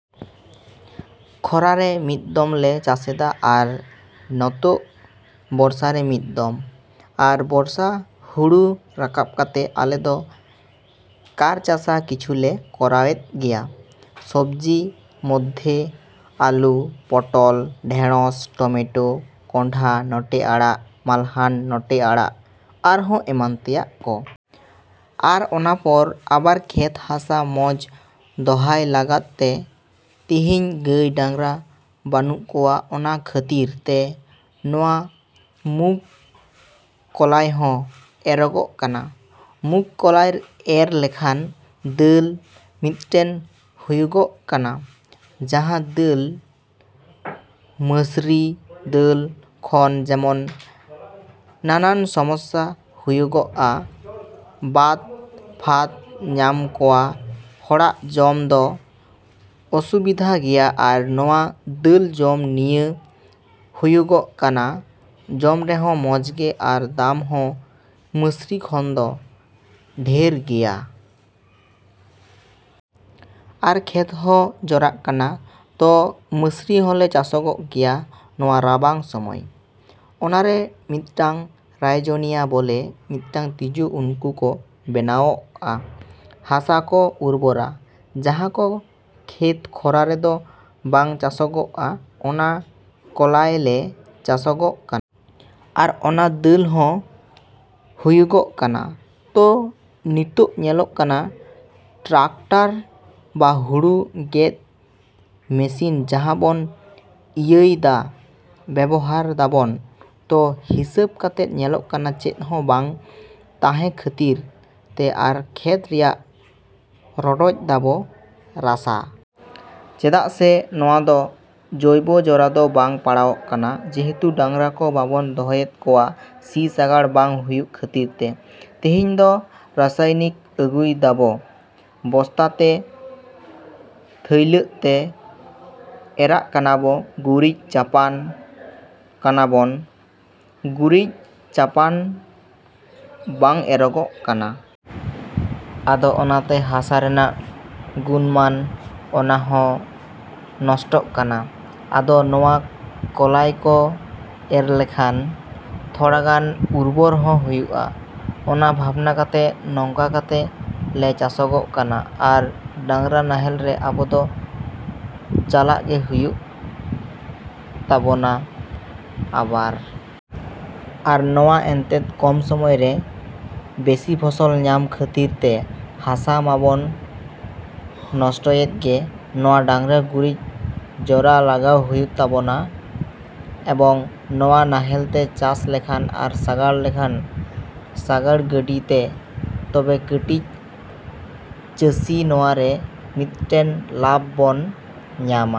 ᱠᱷᱚᱨᱟ ᱨᱮ ᱢᱤᱫ ᱫᱚᱢ ᱞᱮ ᱪᱟᱥᱮᱫᱟ ᱟᱨ ᱱᱚᱛᱳᱜ ᱵᱚᱨᱥᱟ ᱨᱮ ᱢᱤᱫ ᱫᱚᱢ᱾ ᱟᱨ ᱵᱚᱨᱥᱟ ᱦᱩᱲᱩ ᱨᱟᱠᱟᱵ ᱠᱟᱛᱮ ᱟᱞᱮ ᱫᱚ ᱠᱟᱨᱪᱟᱥᱟ ᱠᱤᱪᱷᱩᱞᱮ ᱠᱚᱨᱟᱣᱮᱫ ᱜᱮᱭᱟ᱾ ᱥᱚᱵᱽᱡᱤ ᱢᱚᱫᱽᱫᱷᱮ ᱟᱞᱩ, ᱯᱚᱴᱚᱞ, ᱰᱷᱮᱬᱚᱥ, ᱴᱚᱢᱮᱴᱳ, ᱠᱚᱸᱰᱷᱟ ᱱᱚᱴᱮ ᱟᱲᱟᱜ ᱢᱟᱞᱦᱟᱱ ᱱᱚᱴᱮ ᱟᱲᱟᱜ ᱟᱨᱦᱚᱸ ᱮᱢᱟᱱ ᱛᱮᱭᱟᱜ ᱠᱚ᱾ ᱟᱨ ᱚᱱᱟ ᱯᱚᱨ ᱟᱵᱟᱨ ᱠᱷᱮᱛ ᱦᱟᱥᱟ ᱢᱚᱸᱡᱽ ᱫᱚᱦᱟᱭ ᱞᱟᱜᱟᱫ ᱛᱮ ᱛᱤᱦᱤᱧ ᱜᱟᱹᱭ ᱰᱟᱝᱨᱟ ᱵᱟᱱᱩᱜ ᱠᱚᱣᱟ ᱚᱱᱟ ᱠᱷᱟᱹᱛᱤᱨ ᱛᱮ ᱱᱚᱣᱟ ᱢᱩᱜᱽ ᱠᱚᱞᱟᱭ ᱦᱚᱸ ᱮᱨᱚᱜᱚᱜ ᱠᱟᱱᱟ᱾ ᱢᱩᱸᱜᱽ ᱠᱚᱞᱟᱭ ᱮᱨ ᱞᱮᱠᱷᱟᱱ ᱫᱟᱹᱞ ᱢᱤᱫᱽᱴᱮᱱ ᱦᱩᱭᱩᱜᱚᱜ ᱠᱟᱱᱟ᱾ ᱡᱟᱦᱟᱸ ᱫᱟᱹᱞ, ᱢᱟᱹᱥᱨᱤ ᱫᱟᱹᱞ ᱠᱷᱚᱱ ᱡᱮᱢᱚᱱ ᱱᱟᱱᱟᱱ ᱥᱚᱢᱚᱥᱥᱟ ᱦᱩᱭᱩᱜᱚᱜᱼᱟ ᱵᱟᱛᱼᱯᱷᱟᱛ ᱧᱟᱢ ᱠᱚᱣᱟ, ᱦᱚᱲᱟᱜ ᱡᱚᱢ ᱫᱚ ᱚᱥᱩᱵᱤᱫᱷᱟ ᱜᱮᱭᱟ ᱟᱨ ᱱᱚᱣᱟ ᱫᱟᱹᱞ ᱡᱚᱢ ᱱᱤᱭᱟᱹ ᱦᱩᱭᱩᱜᱚᱜ ᱠᱟᱱᱟ ᱡᱚᱢ ᱨᱮᱦᱚᱸ ᱢᱚᱸᱡᱽ ᱜᱮ ᱟᱨ ᱫᱟᱢ ᱦᱚᱸ ᱢᱟᱹᱥᱨᱤ ᱠᱷᱚᱱ ᱫᱚ ᱰᱷᱮᱹᱨ ᱜᱮᱭᱟ᱾ ᱟᱨ ᱠᱷᱮᱛ ᱦᱚᱸ ᱡᱚᱨᱟᱜ ᱠᱟᱱᱟ᱾ ᱛᱚ, ᱢᱟᱹᱥᱨᱤ ᱦᱚᱸᱞᱮ ᱪᱟᱥᱚᱜᱚᱜ ᱜᱮᱭᱟ ᱱᱚᱣᱟ ᱨᱟᱵᱟᱝ ᱥᱚᱢᱚᱭ᱾ ᱚᱱᱟᱨᱮ ᱢᱤᱫᱴᱟᱝ ᱨᱟᱭᱡᱚᱱᱤᱭᱟ ᱵᱚᱞᱮ ᱢᱤᱫᱴᱟᱝ ᱛᱤᱡᱩ ᱩᱱᱠᱩ ᱠᱚ ᱵᱮᱱᱟᱣᱚᱜᱼᱟ᱾ ᱦᱟᱥᱟ ᱠᱚ ᱩᱨᱵᱚᱨᱟ᱾ ᱡᱟᱦᱟᱸ ᱠᱚ ᱠᱷᱮᱛ ᱠᱷᱚᱨᱟ ᱨᱮᱫᱚ ᱵᱟᱝ ᱪᱟᱥᱚᱜᱚᱜᱼᱟ, ᱚᱱᱟ ᱠᱚᱞᱟᱭ ᱞᱮ ᱪᱟᱥᱚᱜᱚᱜ ᱠᱟᱱᱟ᱾ ᱟᱨ ᱚᱱᱟ ᱫᱟᱹᱞ ᱦᱚᱸ ᱦᱩᱭᱩᱜᱚᱜ ᱠᱟᱱᱟ᱾ ᱛᱚ ᱱᱤᱛᱳᱜ ᱧᱮᱞᱚᱜ ᱠᱟᱱᱟ ᱴᱨᱟᱠᱴᱟᱨ ᱵᱟ ᱦᱩᱲᱩ ᱜᱮᱫ ᱢᱮᱹᱥᱤᱱ ᱡᱟᱦᱟᱸ ᱵᱚᱱ ᱤᱭᱟᱹᱭ ᱫᱟ ᱵᱮᱵᱚᱦᱟᱨ ᱫᱟᱵᱚᱱ ᱛᱚ ᱦᱤᱸᱥᱟᱹᱵᱽ ᱠᱟᱛᱮ ᱧᱮᱞᱚᱜ ᱠᱟᱱᱟ ᱪᱮᱫ ᱦᱚᱸ ᱵᱟᱝ ᱛᱟᱦᱮᱸ ᱠᱷᱟᱹᱛᱤᱨ ᱛᱮ ᱟᱨ ᱠᱷᱮᱛ ᱨᱮᱭᱟᱜ ᱨᱚᱰᱚᱡ ᱫᱟᱵᱚ ᱨᱟᱥᱟ᱾ ᱪᱮᱫᱟᱜ ᱥᱮ ᱱᱚᱣᱟ ᱫᱚ ᱡᱳᱭᱵᱚ ᱡᱚᱨᱟ ᱫᱚ ᱵᱟᱝ ᱯᱟᱲᱟᱣᱚᱜ ᱠᱟᱱᱟ᱾ ᱡᱮᱦᱮᱛᱩ ᱰᱟᱝᱨᱟ ᱠᱚ ᱵᱟᱵᱚᱱ ᱫᱚᱦᱚᱭᱮᱫ ᱠᱚᱣᱟ ᱥᱤ ᱥᱟᱜᱟᱲ ᱵᱟᱝ ᱦᱩᱭᱩᱜ ᱠᱷᱟᱹᱛᱤᱨ ᱛᱮ᱾ ᱛᱤᱦᱤᱧ ᱫᱚ ᱨᱟᱥᱟᱭᱱᱤᱠ ᱟᱹᱜᱩᱭ ᱫᱟᱵᱚ, ᱵᱚᱥᱛᱟ ᱛᱮ ᱛᱷᱟᱹᱭᱞᱟᱹᱜ ᱛᱮ ᱮᱨᱟᱜ ᱠᱟᱱᱟᱵᱚ ᱜᱩᱨᱤᱪ ᱪᱟᱯᱟᱱ ᱠᱟᱱᱟᱵᱚᱱ ᱜᱩᱨᱤᱡ ᱪᱟᱯᱟᱱ ᱵᱟᱝ ᱮᱨᱚᱜᱚᱜ ᱠᱟᱱᱟ᱾ ᱟᱫᱚ ᱚᱱᱟᱛᱮ ᱦᱟᱥᱟ ᱨᱮᱱᱟᱜ ᱜᱩᱱᱼᱢᱟᱱ ᱚᱱᱟᱦᱚᱸ ᱱᱚᱥᱴᱚᱜ ᱠᱟᱱᱟ᱾ ᱟᱫᱚ ᱱᱚᱣᱟ ᱠᱚᱞᱟᱭ ᱠᱚ ᱮᱨ ᱞᱮᱠᱷᱟᱱ ᱛᱷᱚᱲᱟᱜᱟᱱ ᱩᱨᱵᱚᱨ ᱦᱚᱸ ᱦᱩᱭᱩᱜᱼᱟ, ᱚᱱᱟ ᱵᱷᱟᱵᱽᱱᱟ ᱠᱟᱛᱮ ᱱᱚᱝᱠᱟ ᱠᱟᱛᱮ ᱞᱮ ᱪᱟᱥᱚᱜᱚᱜ ᱠᱟᱱᱟ᱾ ᱟᱨ ᱰᱟᱝᱨᱟ ᱱᱟᱦᱮᱞ ᱨᱮ ᱟᱵᱚ ᱫᱚ ᱪᱟᱞᱟᱜ ᱜᱮ ᱦᱩᱭᱩᱜ ᱛᱟᱵᱚᱱᱟ ᱟᱵᱟᱨ᱾ ᱟᱨ ᱱᱚᱣᱟ ᱮᱱᱛᱮᱫ ᱠᱚᱢ ᱥᱚᱢᱚᱭ ᱨᱮ ᱵᱮᱥᱤ ᱯᱷᱚᱥᱚᱞ ᱧᱟᱢ ᱠᱷᱟᱹᱛᱤᱨ ᱛᱮ ᱦᱟᱥᱟ ᱢᱟᱵᱚᱱ ᱱᱚᱥᱴᱚᱭᱮᱫ ᱜᱮ ᱱᱚᱣᱟ ᱰᱟᱝᱨᱟ ᱜᱩᱨᱤᱡ ᱡᱚᱨᱟ ᱞᱟᱜᱟᱣ ᱦᱩᱭᱩᱜ ᱛᱟᱵᱚᱱᱟ ᱮᱵᱚᱝ ᱱᱚᱣᱟ ᱱᱟᱦᱮᱞ ᱛᱮ ᱪᱟᱥ ᱞᱮᱠᱷᱟᱱ ᱟᱨ ᱥᱟᱜᱟᱲ ᱞᱮᱠᱷᱟᱱ ᱥᱟᱜᱟᱲ ᱜᱟᱹᱰᱤ ᱛᱮ ᱛᱚᱵᱮ ᱠᱟᱹᱴᱤᱡ ᱪᱟᱹᱥᱤ ᱱᱚᱣᱟᱨᱮ ᱢᱤᱫᱴᱮᱱ ᱞᱟᱵᱷ ᱵᱚᱱ ᱧᱟᱢᱟ᱾